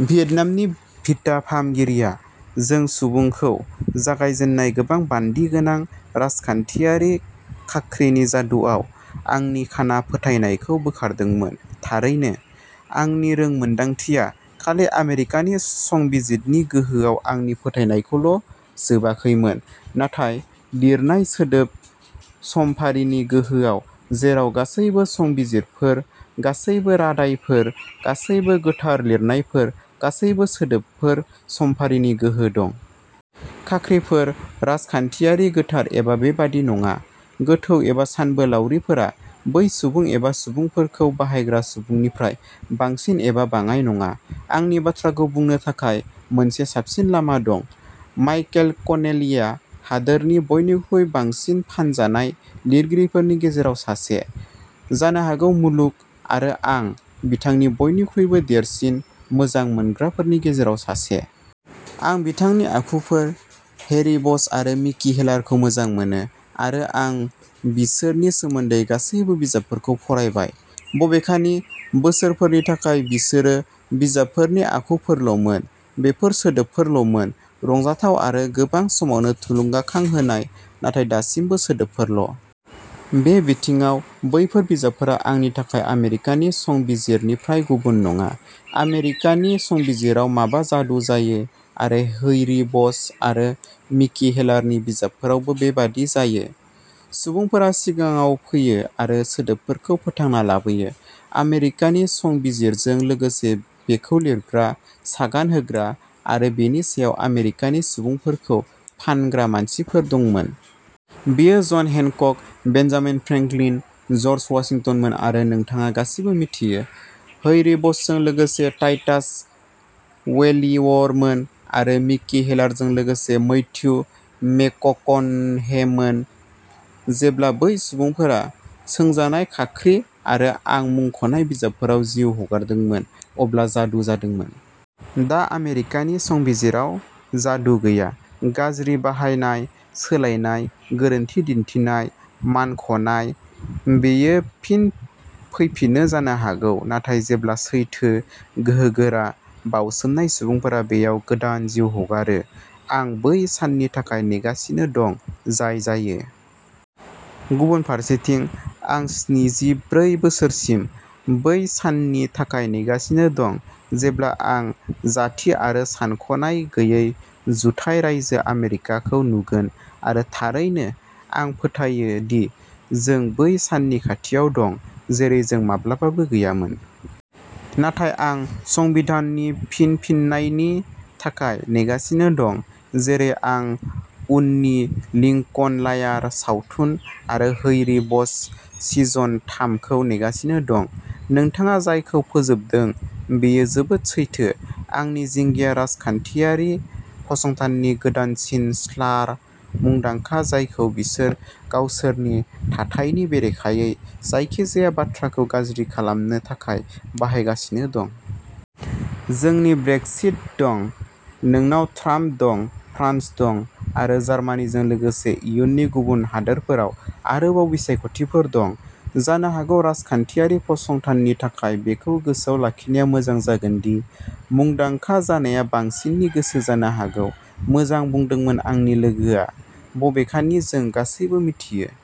भियेतनामनि भिटा फाहामगिरिया "जों सुबुं" खौ जागायजेन्नाय गोबां बान्दि गोनां राजखान्थियारि खाख्रिनि जादुआव आंनि खाना फोथायनायखौ बोखारदोंमोन थारैनो, आंनि रोंमोनदांथिया खालि आमेरिकानि संबिजिदनि गोहोआव आंनि फोथायनायखौल' जोबाखैमोन, नाथाय लिरनाय सोदोब, समफारिनि गोहोआव जेराव गासैबो संबिजिरफोर, गासैबो रादायफोर, गासैबो गोथार लिरनायफोर, गासैबो सोदोबफोर समफारिनि गोहो दं। खाख्रिफोर, राजखान्थियारि, गोथार एबा बेबादि नङा, गोथौ एबा सानबोलावरिफोरा बै सुबुं एबा सुबुंफोरखौ बाहायग्रा सुबुंनिफ्राय बांसिन एबा बाङाइ नङा। आंनि बाथ्राखौ बुंनो थाखाय मोनसे साबसिन लामा दं। माइकेल कनेलिआ हादोरनि बयनिख्रुइ बांसिन फानजानाय लिरगिरिफोरनि गेजेराव सासे, जानो हागौ मुलुग, आरो आं बिथांनि बयनिख्रुइबो देरसिन मोजां मोनग्राफोरनि गेजेराव सासे। आं बिथांनि आखुफोर हेरी बश आरो मिकी हेलारखौ मोजां मोनो, आरो आं बिसोरनि सोमोन्दै गासैबो बिजाबफोरखौ फरायबाय। बबेखानि, बोसोरफोरनि थाखाय बिसोरो बिजाबफोरनि आखुफोरल'मोन बेफोर सोदोबफोरल'मोनः रंजाथाव आरो गोबां समावनो थुलुंगाखांहोनाय, नाथाय दासिमबो, सोदोबफोरल'। बे बिथिङाव, बैफोर बिजाबफोरा आंनि थाखाय आमेरिकानि संबिजिरनिफ्राय गुबुन नङा। आमेरिकानि संबिजिराव माबा जादु जायो आरो हैरी बश आरो मिकी हेलारनि बिजाबफोरावबो बेबादि जायो। सुबुंफोरा सिगाङाव फैयो आरो सोदोबफोरखौ फोथांना लाबोयो। आमेरिकानि संबिजिरजों लोगोसे बेखौ लिरग्रा, सागान होग्रा आरो बेनि सायाव आमेरिकानि सुबुंफोरखौ फानग्रा मानसिफोर दंमोन। बेयो John Hancock, Benjamin Franklin, George वाशिंटनमोन आरो नोंथाङा गासिबो मिथियो। हैरी बशजों लोगोसे टाइटास वेलिवरमोन आरो मिकी हेलारजों लोगोसे मैथ्यू मेककनहेमोन। जेब्ला बै सुबुंफोरा सोंजानाय खाख्रि आरो आं मुंख'नाय बिजाबफोराव जिउ हगारदोंमोन, अब्ला जादु जादोंमोन। दा, आमेरिकानि संबिजिराव जादुआ गैया। गाज्रि बाहायनाय, सोलाइनाय, गोरोन्थि दिन्थिनाय, मानख'नाय। बेयो फिन फैफिनो जानो हागौ नाथाय जेब्ला सैथो, गोहोगोरा, बाउसोमनाय सुबुंफोरा बेयाव गोदान जिउ हगारो। आं बै साननि थाखाय नेगासिनो दं जाय जायो। गुबुन फारसेथिं, आं स्निजि ब्रै बोसोरसिम बै साननि थाखाय नेगासिनो दं जेब्ला आं जाथि आरो सानख'नाय गैयै जुथाइ रायजो आमेरिकाखौ नुगोन आरो थारैनो, आं फोथायो दि जों बै साननि खाथियाव दं, जेरै जों माब्लाबाबो गैयामोन। नाथाय आं संबिधाननि फिनफिननायनि थाखाय नेगासिनो दं, जेरै आं उननि लिंकन लायार सावथुन आरो हैरी बश सिजन थाम खौ नेगासिनो दं। नोंथाङा जायखौ फोजोबदों बेयो जोबोद सैथो। आंनि जिंगाया राजखान्थियारि फसंथाननि गोदानसिन स्लार, मुंदांखा, जायखौ बिसोर गावसोरनि थाथायनि बेरेखायै जायखिजाया बाथ्राखौ गाज्रि खालामनो थाखाय बाहायजागासिनो दं। जोंनि ब्रेक्सिट दं, नोंनाव ट्राम्प दं आरो फ्रान्स आरो जार्मानिजों लोगोसे इयुनि गुबुन हादोरफोराव आरोबाव बिसायख'थिफोर दं। जानो हागौ राजखान्थियारि फसंथाननि थाखाय बेखौ गोसोआव लाखिनाया मोजां जागोन दि मुंदांखा जानाया बांसिननि गोसो जानो हागौ। मोजां बुंदोंमोन आंनि लोगोआ, बबेखानि जों सानैबो मिथियो।